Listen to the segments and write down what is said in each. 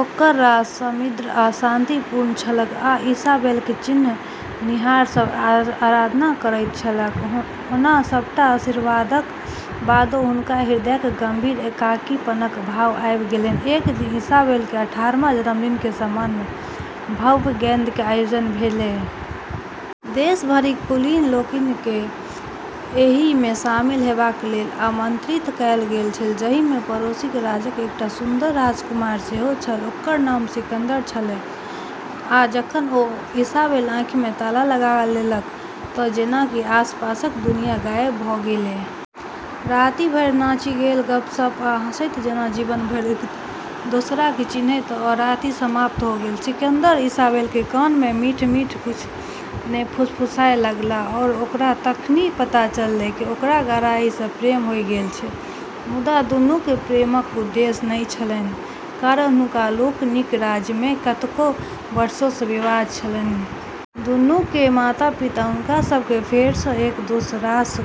ओकर राज्य समृद्ध आ शांतिपूर्ण छलैक आ इसाबेल केँ चिन्हनिहार सब आराधना करैत छलैक ओना सभटा आशीर्वादक बादो हुनका हृदयक गहींर मे एकाकीपनक भाव आबि गेलनि। एक दिन इसाबेल के अठारहम जन्मदिन के सम्मान में भव्य गेंद के आयोजन भेलै। देश भरिक कुलीन लोकनि केँ एहि मे शामिल हेबाक लेल आमंत्रित कयल गेल छल जाहि मे पड़ोसी राज्यक एकटा सुन्दर राजकुमार सेहो छल ओकर नाम सिकंदर छलैक आ जखन ओ आ इसाबेल आँखि मे ताला लगा लेलक तऽ जेना आसपासक दुनियाँ गायब भ गेलै। राति भरि नाचि गेल, गप्प-सप्प आ हँसैत जेना जीवन भरि एक दोसरा केँ चिन्हैत हो, राति समाप्त होइत गेलै, सिकंदर इसाबेल के कान में मीठऽ-मीठऽ कुछ नै फुसफुसाय लागलै आरो ओकरा तखनी पता चललै कि ओकरा गहराई सें प्रेम होय गेलऽ छै, मुदा दुनूक प्रेमक उद्देश्य नहि छलनि, कारण हुनका लोकनिक राज्य मे कतेको वर्ष सँ विवाद छलनि। दुनूक माता-पिता हुनका सभकेँ फेरसँ एक दोसरासँ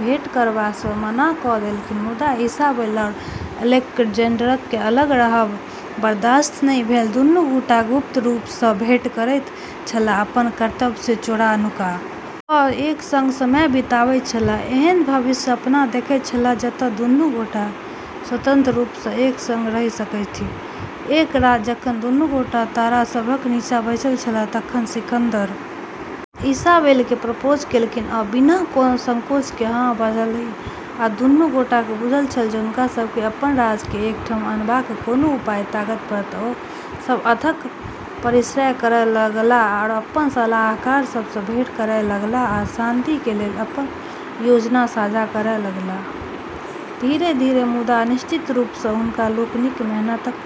भेंट करबासँ मना कऽ देलनि मुदा इसाबेल आ अलेक्जेंडरकेँ अलग रहब बर्दाश्त नहि भेलनि। दुनू गोटे गुप्त रूप सँ भेंट करैत छलाह, अपन कर्तव्य सँ चोरा-नुका क एक संग समय बिताबैत छलाह, एहन भविष्यक सपना देखैत छलाह जतय दुनू गोटे स्वतंत्र रूप सँ एक संग रहि सकथि, एक राति जखन दुनू गोटे तारा सभक नीचा बैसल छलाह तखन सिकंदर इसाबेल केँ प्रपोज केलनि ओ बिना कोनो संकोच के हाँ बजलीह आ दुनू गोटे के बुझल छल जे हुनका सब के अपन राज्य के एक ठाम अनबाक कोनो उपाय ताकय पड़त, ओ सभ अथक परिश्रम करय लगलाह, अपन सलाहकार सभ सं भेंट करय लगलाह आ शांति के लेल अपन योजना साझा करय लगलाह, धीरे-धीरे मुदा निश्चित रूपसँ हुनका लोकनिक मेहनतक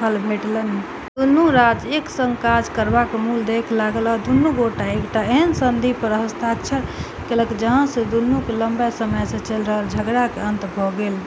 फल भेटलनि। दुनू राज्य एक संग काज करबाक मूल्य देखय लागल आ दुनू गोटे एकटा एहन संधि पर हस्ताक्षर केलक जाहि सँ दुनूक लंबा समय सँ चलि रहल झगड़ा के अंत भ गेल।